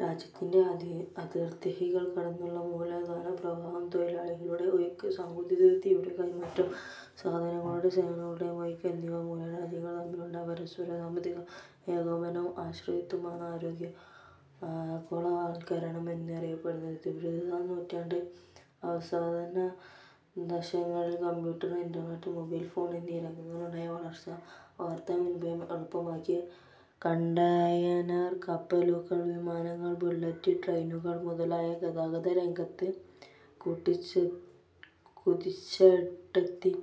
രാജ്യത്തിന്റെ അതിർത്തികൾ കടന്നുള്ള മൂലധനപ്രവാഹം, തൊഴിലാളികളുടെ ഒഴുക്ക്, സാങ്കേതികവിദ്യയുടെ കൈമാറ്റം, സാധനങ്ങളുടെയും സേവനങ്ങളുടെയും ഒഴുക്ക് എന്നിവ മൂലം രാജ്യങ്ങൾ തമ്മിലുണ്ടായ പരസ്പര സാമ്പത്തിക ഏകോപനവും ആശ്രയത്വവുമാണ് ആഗോളവൽക്കരണം എന്നറിയപ്പെടുന്നത്. ഇരുപതാം നൂറ്റാണ്ടിന്റെ അവസാനദശകങ്ങളിൽ കമ്പ്യൂട്ടർ, ഇന്റർനെറ്റ്, മൊബൈൽഫോൺ എന്നീ രംഗങ്ങളിലുണ്ടായ വളർച്ച വാർത്താവിനിമയം എളുപ്പമാക്കി. കണ്ടയനർ കപ്പലുകൾ, വിമാനങ്ങൾ, ബുള്ളറ്റ് ട്രെയിനുകൾ മുതലായവ ഗതാഗത രംഗത്ത് കുതിച്ചുചാട്ടത്തിന്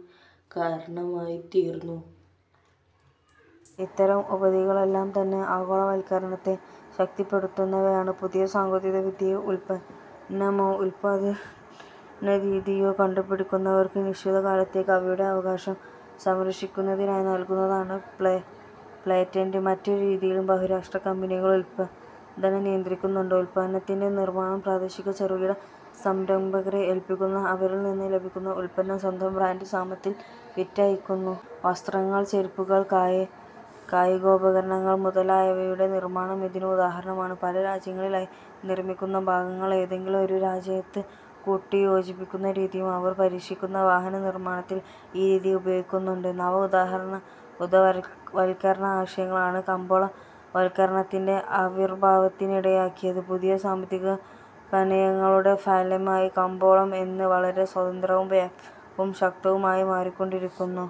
കാരണമായിത്തീർന്നു. ഇത്തരം ഉപാധികൾ എല്ലാം തന്നെ ആഗോളവൽക്കരണത്ത ശക്തിപ്പെടുത്തുന്നവയാണ്. പുതിയ സാങ്കേതികവിദ്യയോ ഉൽപ്പന്നമോ ഉൽപ്പാദനരീതിയോ കണ്ടുപിടിക്കുന്നവർക്ക് നിശ്ചിതകാലത്തേക്ക് അവയുടെ അവകാശം സംരക്ഷിക്കുന്നതിനായി നൽകുന്നതാണ് പേറ്റന്റ്. മറ്റൊരു രീതിയിലും ബഹുരാഷ്ട്ര കമ്പനികൾ ഉൽപ്പാദനം നിയന്ത്രിക്കുന്നുണ്ട്. ഉൽപ്പന്നത്തിന്റെ നിർമാണം പ്രാദേശിക ചെറുകിട സംരംഭകരെ ഏൽപ്പിക്കുന്നു. അവരിൽനിന്ന് ലഭിക്കുന്ന ഉൽപ്പന്നം സ്വന്തം ബ്രാൻഡ് നാമത്തിൽ വിറ്റഴിക്കുന്നു. വസ്ത്രങ്ങൾ, ചെരുപ്പുകൾ, കായികോപകരണങ്ങൾ മുതലായവയുടെ നിർമാണം ഇതിന് ഉദാഹരണമാണ്. പല രാജ്യങ്ങളിലായി നിർമിക്കുന്ന ഭാഗങ്ങൾ ഏതെങ്കിലും ഒരു രാജ്യത്ത് കൂട്ടിയോജിപ്പിക്കുന്ന രീതിയും അവർ പരീക്ഷിക്കുന്നു. വാഹനനിർമാണത്തിൽ ഈ രീതി ഉപയോഗിക്കുന്നുണ്ട്. നവ ഉദാരവൽക്കരണ ആശയങ്ങളാണ് കമ്പോളവൽക്കരണത്തിന്റെ ആവിർഭാവത്തിനിടയാക്കിയത്. പുതിയ സാമ്പത്തികനയങ്ങളുടെ ഫലമായി കമ്പോളം ഇന്ന് വളരെ സ്വതന്ത്രവും വ്യാപകവും ശക്തവുമായി മാറിക്കൊണ്ടിരിക്കുന്നു.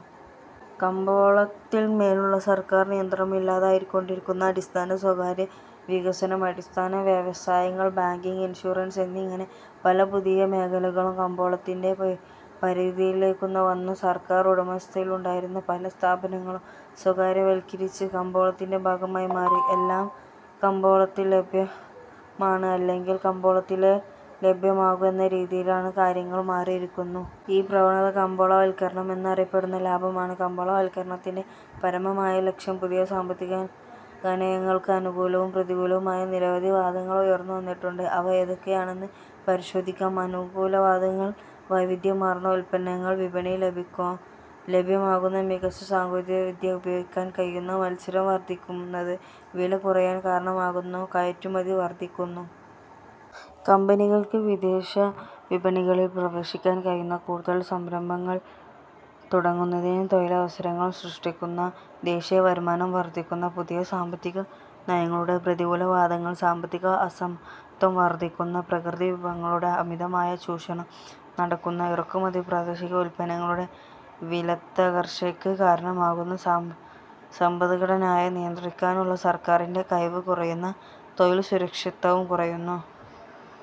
കമ്പോളത്തിൻമേലുള്ള സർക്കാർ നിയന്ത്രണം ഇല്ലാതായിക്കൊണ്ടിരിക്കുന്നു. അടിസ്ഥാന സൗകര്യവികസനം, അടിസ്ഥാന വ്യവസായങ്ങൾ, ബാങ്കിങ്, ഇൻഷുറൻസ് എന്നിങ്ങനെ പല പുതിയ മേഖലകളും കമ്പോളത്തിന്റെ പരിധിയിലേക്കു വന്നു. സർക്കാർ ഉടമസ്ഥതയിലുണ്ടായിരുന്ന പല സ്ഥാപനങ്ങളും സ്വകാര്യവൽക്കരിച്ച് കമ്പോളത്തിന്റെ ഭാഗമായി മാറി. എല്ലാം കമ്പോളത്തിൽ ലഭ്യമാണ്, അല്ലെങ്കിൽ കമ്പോളത്തിലേ ലഭ്യമാകൂ എന്ന രീതിയിലേക്ക് കാര്യങ്ങൾ മാറിയിരിക്കുന്നു. ഈ പ്രവണത കമ്പോളവൽക്കരണം എന്നറിയപ്പെടുന്നു. ലാഭമാണ് കമ്പോളവൽക്കരണത്തിന്റെ പരമമായ ലക്ഷ്യം പുതിയ സാമ്പത്തികനയങ്ങൾക്ക് അനുകൂലവും പ്രതികൂലവുമായ നിരവധി വാദങ്ങൾ ഉയർന്നുവന്നിട്ടുണ്ട്. അവ എന്തൊക്കെയാണെന്ന് പരിശോധിക്കാം. അനുകൂലവാദങ്ങൾ: വൈവിധ്യമാർന്ന ഉൽപ്പന്നങ്ങൾ വിപണിയിൽ ലഭ്യമാകുന്നു. മികച്ച സാങ്കേതികവിദ്യ ഉപയോഗിക്കാൻ കഴിയുന്നു. മത്സരം വർധിക്കുന്നത് വില കുറയാൻ കാരണമാകുന്നു. കയറ്റുമതി വർധിക്കുന്നു. കമ്പനികൾക്ക് വിദേശവിപണികളിൽ പ്രവേശിക്കാൻ കഴിയുന്നു. കൂടുതൽ സംരംഭങ്ങൾ തുടങ്ങുന്നത് തൊഴിലവസരങ്ങൾ സൃഷ്ടിക്കുന്നു. ദേശീയവരുമാനം വർധിക്കുന്നു. പുതിയ സാമ്പത്തികനയങ്ങളുടെ പ്രതികൂല വാദങ്ങൾ: സാമ്പത്തിക അസമത്വം വർധിക്കുന്നു. പ്രകൃതിവിഭവങ്ങളുടെ അമിതമായ ചൂഷണം നടക്കുന്നു. ഇറക്കുമതി പ്രാദേശിക ഉൽപ്പന്നങ്ങളുടെ വിലത്തകർച്ചയ്ക്ക് കാരണമാകുന്നു. സമ്പദ്ഘടനയെ നിയന്ത്രിക്കാനുള്ള സർക്കാറിന്റെ കഴിവ് കുറയുന്നു. തൊഴിൽ സുരക്ഷിതത്വം കുറയുന്നു.